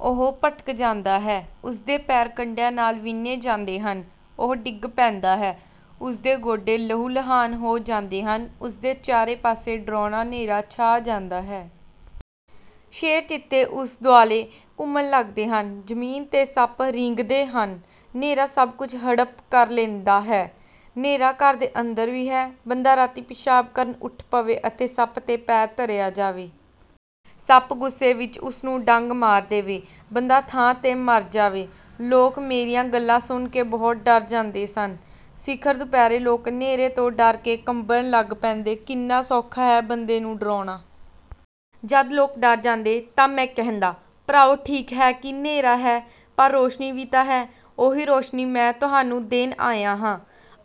ਉਹ ਭਟਕ ਜਾਂਦਾ ਹੈ। ਉਸ ਦੇ ਪੈਰ ਕੰਡਿਆਂ ਨਾਲ ਵਿੰਨ੍ਹੇ ਜਾਂਦੇ ਹਨ। ਉਹ ਡਿੱਗ ਪੈਂਦਾ ਹੈ। ਉਸ ਦੇ ਗੋਡੇ ਲਹੂ ਲੁਹਾਣ ਹੋ ਜਾਂਦੇ ਹਨ। ਉਸ ਦੇ ਚਾਰੇ ਪਾਸੇ ਡਰਾਉਣਾ ਨ੍ਹੇਰਾ ਛਾ ਜਾਂਦਾ ਹੈ। ਸ਼ੇਰ ਚੀਤੇ ਉਸ ਦੁਆਲੇ ਘੁੰਮਣ ਲੱਗਦੇ ਹਨ। ਜ਼ਮੀਨ 'ਤੇ ਸੱਪ ਰੀਂਗਦੇ ਹਨ। ਨ੍ਹੇਰਾ ਸਭ ਕੁਝ ਹੜੱਪ ਕਰ ਲੈਂਦਾ ਹੈ। ਨ੍ਹੇਰਾ ਘਰ ਦੇ ਅੰਦਰ ਵੀ ਹੈ। ਬੰਦਾ ਰਾਤੀਂ ਪਿਸ਼ਾਬ ਕਰਨ ਉੱਠ ਪਵੇ ਅਤੇ ਸੱਪ 'ਤੇ ਪੈਰ ਧਰਿਆ ਜਾਵੇ। ਸੱਪ ਗੁੱਸੇ ਵਿੱਚ ਉਸ ਨੂੰ ਡੰਗ ਮਾਰ ਦੇਵੇ। ਬੰਦਾ ਥਾਂ 'ਤੇ ਮਰ ਜਾਵੇ। ਲੋਕ ਮੇਰੀਆਂ ਗੱਲਾਂ ਸੁਣ ਕੇ ਬਹੁਤ ਡਰ ਜਾਂਦੇ ਸਨ। ਸਿਖਰ ਦੁਪਹਿਰੇ ਲੋਕ ਨ੍ਹੇਰੇ ਤੋਂ ਡਰ ਕੇ ਕੰਬਣ ਲੱਗ ਪੈਂਦੇ। ਕਿੰਨਾ ਸੌਖਾ ਹੈ ਬੰਦੇ ਨੂੰ ਡਰਾਉਣਾ? ਜਦ ਲੋਕ ਡਰ ਜਾਂਦੇ ਤਾਂ ਮੈਂ ਕਹਿੰਦਾ, "ਭਰਾਓ ਠੀਕ ਹੈ ਕਿ ਨ੍ਹੇਰਾ ਹੈ। ਪਰ ਰੌਸ਼ਨੀ ਵੀ ਤਾਂ ਹੈ। ਉਹੀ ਰੌਸ਼ਨੀ ਮੈਂ ਤੁਹਾਨੂੰ ਦੇਣ ਆਇਆ ਹਾਂ।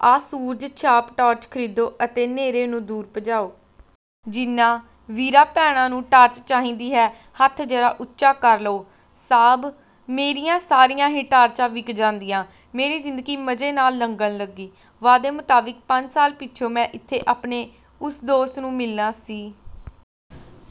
ਆਹ ਸੂਰਜ ਛਾਪ ਟਾਰਚ ਖਰੀਦੋ ਅਤੇ ਨ੍ਹੇਰੇ ਨੂੰ ਦੂਰ ਭਜਾਓ। ਜਿਨ੍ਹਾਂ ਵੀਰਾਂ ਭੈਣਾਂ ਨੂੰ ਟਾਰਚ ਚਾਹੀਦੀ ਹੈ, ਹੱਥ ਜ਼ਰਾ ਉੱਚਾ ਕਰ ਲਓ।" ਸਾਬ੍ਹ ਮੇਰੀਆਂ ਸਾਰੀਆਂ ਹੀ ਟਾਰਚਾਂ ਵਿਕ ਜਾਂਦੀਆਂ। ਮੇਰੀ ਜ਼ਿੰਦਗੀ ਮਜ਼ੇ ਨਾਲ ਲੰਘਣ ਲੱਗੀ। ਵਾਅਦੇ ਮੁਤਾਬਿਕ ਪੰਜ ਸਾਲ ਪਿੱਛੋਂ ਮੈਂ ਇੱਥੇ ਆਪਣੇ ਉਸ ਦੋਸਤ ਨੂੰ ਮਿਲਣਾ ਸੀ।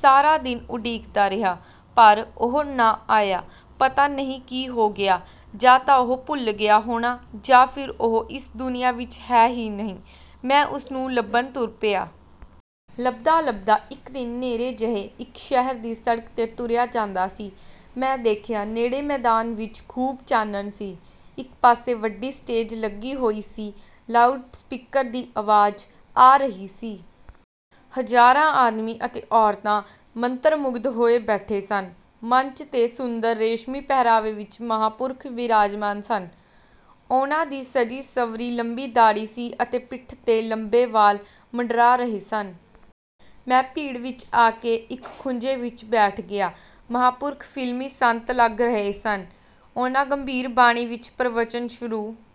ਸਾਰਾ ਦਿਨ ਉਡੀਕਦਾ ਰਿਹਾ, ਪਰ ਉਹ ਨਾ ਆਇਆ। ਪਤਾ ਨਹੀਂ ਕੀ ਹੋ ਗਿਆ। ਜਾਂ ਤਾਂ ਉਹ ਭੁੱਲ ਗਿਆ ਹੋਣਾ। ਜਾਂ ਫਿਰ ਉਹ ਇਸ ਦੁਨੀਆਂ ਵਿੱਚ ਹੈ ਹੀ ਨਹੀਂ। ਮੈਂ ਉਸ ਨੂੰ ਲੱਭਣ ਤੁਰ ਪਿਆ। ਲੱਭਦਾ ਲੱਭਦਾ, ਇਕ ਦਿਨ ਨ੍ਹੇਰੇ ਜਿਹੇ ਇਕ ਸ਼ਹਿਰ ਦੀ ਸੜਕ 'ਤੇ ਤੁਰਿਆ ਜਾਂਦਾ ਸੀ। ਮੈਂ ਦੇਖਿਆ, ਨੇੜੇ ਮੈਦਾਨ ਵਿੱਚ ਖ਼ੂਬ ਚਾਨਣ ਸੀ। ਇਕ ਪਾਸੇ ਵੱਡੀ ਸਟੇਜ ਲੱਗੀ ਹੋਈ ਸੀ। ਲਾਊਡ ਸਪੀਕਰ ਦੀ ਆਵਾਜ਼ ਆ ਰਹੀ ਸੀ। ਹਜ਼ਾਰਾਂ ਆਦਮੀ ਅਤੇ ਔਰਤਾਂ ਮੰਤਰ ਮੁਗਧ ਹੋਏ ਬੈਠੇ ਸਨ। ਮੰਚ 'ਤੇ ਸੁੰਦਰ ਰੇਸ਼ਮੀ ਪਹਿਰਾਵੇ ਵਿੱਚ ਮਹਾਂਪੁਰਖ ਵਿਰਾਜਮਾਨ ਸਨ। ਉਨ੍ਹਾਂ ਦੀ ਸਜੀ ਸੰਵਰੀ ਲੰਮੀ ਦਾੜ੍ਹੀ ਸੀ ਅਤੇ ਪਿੱਠ 'ਤੇ ਲੰਬੇ ਵਾਲ ਮੰਡਰਾ ਰਹੇ ਸਨ। ਮੈਂ ਭੀੜ ਵਿੱਚ ਆ ਕੇ ਇਕ ਖੂੰਜੇ ਵਿੱਚ ਬੈਠ ਗਿਆ। ਮਹਾਂਪੁਰਖ ਫ਼ਿਲਮੀ ਸੰਤ ਲੱਗ ਰਹੇ ਸਨ। ਉਨ੍ਹਾਂ ਗੰਭੀਰ ਬਾਣੀ ਵਿੱਚ ਪ੍ਰਵਚਨ ਸ਼ੁਰੂ